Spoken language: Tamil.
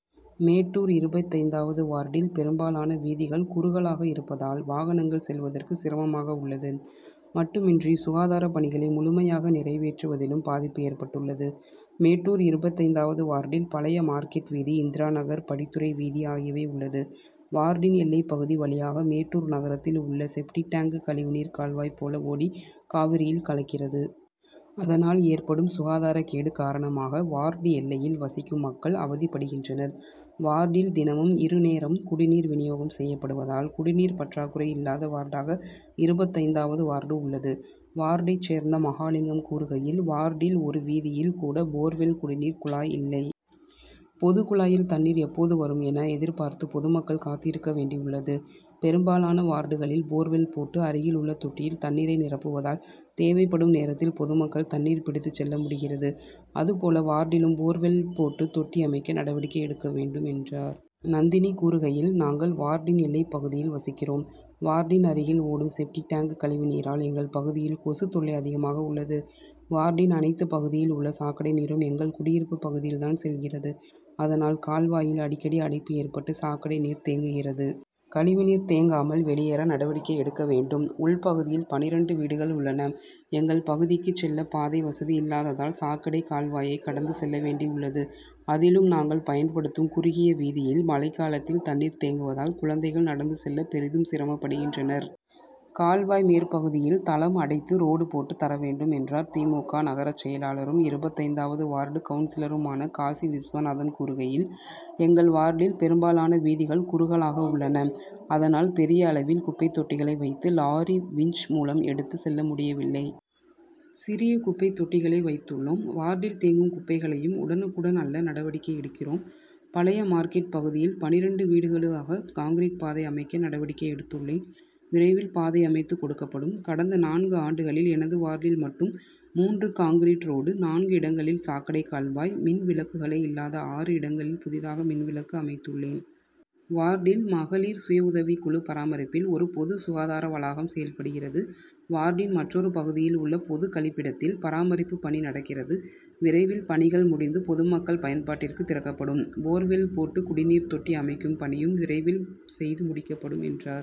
மேட்டூர் இருபத்தைந்தாவது வார்டில் பெரும்பாலான வீதிகள் குறுகலாக இருப்பதால் வாகனங்கள் செல்வதற்கு சிரமமாக உள்ளது மட்டுமின்றி சுகாதார பணிகளை முழுமையாக நிறைவேற்றுவதிலும் பாதிப்பு ஏற்பட்டுள்ளது. மேட்டூர் இருபத்தைந்தாவது வார்டில் பழைய மார்க்கெட் வீதி, இந்திரா நகர், படித்துறை வீதி ஆகியவை உள்ளது. வார்டின் எல்லைப்பகுதி வழியாக மேட்டூர் நகரத்தில் உள்ள செப்டிக்-டேங்க் கழிவுநீர் கால்வாய் போல ஓடி காவிரியில் கலக்கிறது. அதனால், ஏற்படும் சுகாதார கேடு காரணமாக வார்டு எல்லையில் வசிக்கும் மக்கள் அவதிப்படுகின்றனர். வார்டில் தினமும் இருநேரம் குடிநீர் விநியோகம் செய்யப்படுவதால், குடிநீர் பற்றாக்குறை இல்லாத வார்டாக இருபத்தைந்தாவது வார்டு உள்ளது. வார்டை சேர்ந்த மகாலிங்கம் கூறுகையில், வார்டில் ஒரு வீதியில் கூட போர்வெல் குடிநீர் குழாய் இல்லை. பொதுகுழாயில் தண்ணீர் எப்போது வரும் என எதிர்பார்த்து பொதுமக்கள் காத்திருக்க வேண்டியுள்ளது. பெரும்பாலான வார்டுகளில் போர்வெல் போட்டு, அருகிலுள்ள தொட்டியில் தண்ணீரை நிரப்புவதால், தேவைப்படும் நேரத்தில் பொதுமக்கள் தண்ணீர் பிடித்து செல்ல முடிகிறது. அதுபோல வார்டிலும் போர்வெல் போட்டு தொட்டி அமைக்க நடவடிக்கை எடுக்க வேண்டும், என்றார். நந்தினி கூறுகையில், நாங்கள் வார்டின் எல்லைப்பகுதியில் வசிக்கிறோம். வார்டின் அருகில் ஓடும் செப்டிக்-டேங்க் கழிவுநீரால் எங்கள் பகுதியில் கொசுத்தொல்லை அதிகமாக உள்ளது. வார்டின் அனைத்து பகுதியில் உள்ள சாக்கடை நீரும் எங்கள் குடியிருப்பு பகுதியில் தான் செல்கிறது. அதனால், கால்வாயில் அடிக்கடி அடைப்பு ஏற்பட்டு சாக்கடை நீர் தேங்குகிறது. கழிவுநீர் தேங்காமல் வெளியேற நடவடிக்கை எடுக்க வேண்டும், உள்பகுதியில் பன்னிரண்டு வீடுகள் உள்ளன. எங்கள் பகுதிக்கு செல்ல பாதை வசதி இல்லாததால், சாக்கடை கால்வாயை கடந்து செல்ல வேண்டியுள்ளது. அதிலும் நாங்கள் பயன்படுத்தும் குறுகிய வீதியில் மழைக்காலத்தில் தண்ணீர் தேங்குவதால் குழந்தைகள் நடந்து செல்ல பெரிதும் சிரமப்படுகின்றனர். கால்வாய் மேற்பகுதியில் தளம் அடைத்து ரோடு போட்டு தர வேண்டும், என்றார். தி. மு. க., நகர செயலாளரும், இருபத்தைந்தாவது வார்டு கவுன்சிலருமான காசி விஸ்வநாதன் கூறுகையில், எங்கள் வார்டில் பெரும்பாலான வீதிகள் குறுகலாக உள்ளன. அதனால், பெரிய அளவில் குப்பை தொட்டிகளை வைத்து லாரி விஞ்ச் மூலம் எடுத்து செல்ல முடியவில்லை. சிறிய குப்பை தொட்டிகளை வைத்துள்ளோம். வார்டில் தேங்கும் குப்பைகளையும் உடனுக்குடன் அள்ள நடவடிக்கை எடுக்கிறோம். பழைய மார்க்கெட் பகுதியில் பன்னிரண்டு வீடுகளுக்காக கான்கிரீட் பாதை அமைக்க நடவடிக்கை எடுத்துள்ளேன். விரைவில் பாதை அமைத்து கொடுக்கப்படும். கடந்த நான்கு ஆண்டுகளில் எனது வார்டில் மட்டும் மூன்று கான்கிரீட் ரோடு, நான்கு இடங்களில் சாக்கடை கால்வாய், மின் விளக்குகளே இல்லாத ஆறு இடங்களில் புதிதாக மின்விளக்கு அமைத்துள்ளேன். வார்டில் மகளிர் சுய உதவி குழு பராமரிப்பில் ஒரு பொது சுகாதார வளாகம் செயல்படுகிறது. வார்டின் மற்றொரு பகுதியில் உள்ள பொதுகழிப்பிடத்தில் பராமரிப்பு பணி நடக்கிறது. விரைவில் பணிகள் முடிந்து பொதுமக்கள் பயன்பாட்டிற்கு திறக்கப்படும். போர்வெல் போட்டு குடிநீர் தொட்டி அமைக்கும் பணியும் விரைவில் செய்து முடிக்கப்படும், என்றார்.